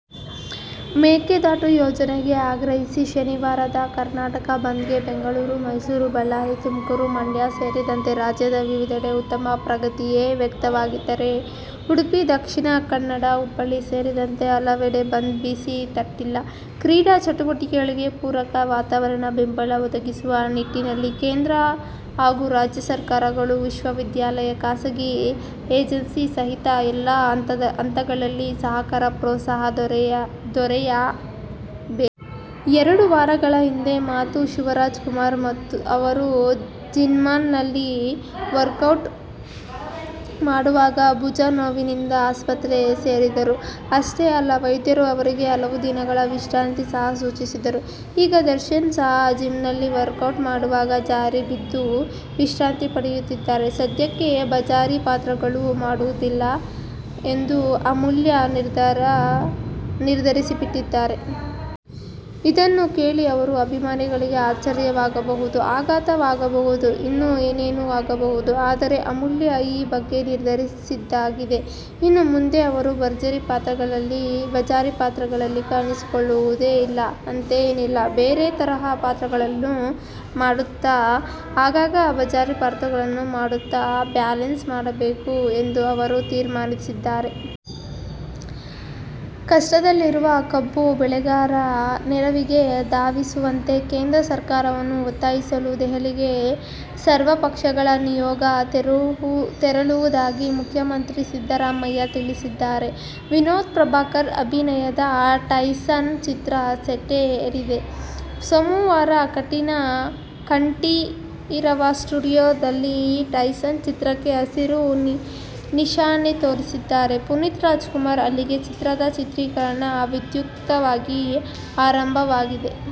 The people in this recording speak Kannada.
ಮೇಕೆದಾಟು ಯೋಜನೆಗೆ ಆಗ್ರಹಿಸಿ ಶನಿವಾರದ ಕರ್ನಾಟಕ ಬಂದ್ ಗೆ ಬೆಂಗಳೂರು, ಮೈಸೂರು, ಬಳ್ಳಾರಿ, ತುಮಕೂರು, ಮಂಡ್ಯ ಸೇರಿದಂತೆ ರಾಜ್ಯದ ವಿವಿಧೆಡೆ ಉತ್ತಮ ಪ್ರತಿಕ್ರಿಯೆ ವ್ಯಕ್ತವಾಗಿದ್ದರೆ, ಉಡುಪಿ, ದ. ಕನ್ನಡ, ಹುಬ್ಬಳ್ಳಿ ಸೇರಿದಂತೆ ಹಲವೆಡೆ ಬಂದ್ ಬಿಸಿ ತಟ್ಟಿಲ್ಲ. ಕ್ರೀಡಾಚಟುವಟಿಕೆಗೆ ಪೂರಕ ವಾತಾವರಣ, ಬೆಂಬಲ ಒದಗಿಸುವ ನಿಟ್ಟಿನಲ್ಲಿ ಕೇಂದ್ರ ಹಾಗೂ ರಾಜ್ಯ ಸರಕಾರಗಳು, ವಿಶ್ವವಿದ್ಯಾಲಯ, ಖಾಸಗಿ ಏಜೆನ್ಸಿ ಸಹಿತ ಎಲ್ಲಾ ಹಂತಗಳಲ್ಲಿ ಸಹಕಾರ, ಪ್ರೋತ್ಸಾಹ ದೊರೆಯಬೇಕು. ಎರಡು ವಾರಗಳ ಹಿಂದಿನ ಮಾತು. ಶಿವರಾಜಕುಮಾರ್ ಅವರು ಜಿಮ್ನಲ್ಲಿ ವರ್ಕೌಟ್ ಮಾಡುವಾಗ, ಭುಜ ನೋವಿನಿಂದ ಆಸ್ಪತ್ರೆ ಸೇರಿದ್ದರು. ಅಷ್ಟೇ ಅಲ್ಲ, ವೈದ್ಯರು ಅವರಿಗೆ ಹಲವು ದಿನಗಳ ವಿಶ್ರಾಂತಿ ಸಹ ಸೂಚಿಸಿದ್ದರು. ಈಗ ದರ್ಶನ್ ಸಹ ಜಿಮ್ನಲ್ಲಿ ವರ್ಕೌಟ್ ಮಾಡುವಾಗ ಜಾರಿ ಬಿದ್ದು, ವಿಶ್ರಾಂತಿ ಪಡೆಯುತ್ತಿದ್ದಾರೆ. ಸದ್ಯಕ್ಕೆ ಬಜಾರಿ ಪಾತ್ರಗಳನ್ನು ಮಾಡುವುದಿಲ್ಲ ಎಂದು ಅಮೂಲ್ಯ ನಿರ್ಧರಿಸಿಬಿಟ್ಟಿದ್ದಾರೆ. ಇದನ್ನು ಕೇಳಿ ಅವರ ಅಭಿಮಾನಿಗಳಿಗೆ ಆಶ್ಚರ್ಯವಾಗಬಹುದು, ಆಘಾತವಾಗಬಹುದು, ಇನ್ನೂ ಏನೇನೋ ಆಗಬಹುದು. ಆದರೆ, ಅಮೂಲ್ಯ ಈ ಬಗ್ಗೆ ನಿರ್ಧರಿಸಿದ್ದಾಗಿದೆ. ಇನ್ನು ಮುಂದೆ ಅವರು ಬಜಾರಿ ಪಾತ್ರಗಳಲ್ಲಿ ಕಾಣಿಸಿಕೊಳ್ಳುವುದೇ ಇಲ್ಲ ಅಂತೇನಿಲ್ಲ. ಬೇರೆ ತರಹದ ಪಾತ್ರಗಳನ್ನೂ ಮಾಡುತ್ತಾ, ಆಗಾಗ ಬಜಾರಿ ಪಾತ್ರಗಳನ್ನೂ ಮಾಡುತ್ತಾ ಬ್ಯಾಲೆನ್ಸ್ ಮಾಡಬೇಕು ಎಂದು ಅವರು ತೀರ್ಮಾನಿಸಿದ್ದಾರೆ. ಸಂಕಷ್ಟದಲ್ಲಿರುವ ಕಬ್ಬು ಬೆಳೆಗಾರರ ನೆರವಿಗೆ ಧಾವಿಸುವಂತೆ ಕೇಂದ್ರ ಸರ್ಕಾರವನ್ನು ಒತ್ತಾಯಿಸಲು ದೆಹಲಿಗೆ ಸರ್ವಪಕ್ಷಗಳ ನಿಯೋಗ ತೆರಳುವುದಾಗಿ ಮುಖ್ಯಮಂತ್ರಿ ಸಿದ್ದರಾಮಯ್ಯ ತಿಳಿಸಿದ್ದಾರೆ. ವಿನೋದ್ ಪ್ರಭಾಕರ್ ಅಭಿನಯದ "ಟೈಸನ್' ಚಿತ್ರ ಸೆಟ್ಟೇರಿದೆ. ಸೋಮವಾರ ಕಂಠೀರವ ಸ್ಟುಡಿಯೋದಲ್ಲಿ "ಟೈಸನ್' ಚಿತ್ರಕ್ಕೆ ಹಸಿರು ನಿಶಾನೆ ತೋರಿಸಿದ್ದಾರೆ ಪುನೀತ್ ರಾಜಕುಮಾರ್. ಅಲ್ಲಿಗೆ ಚಿತ್ರದ ಚಿತ್ರೀಕರಣ ವಿಧ್ಯುಕ್ತವಾಗಿ ಪ್ರಾರಂಭವಾಗಿದೆ.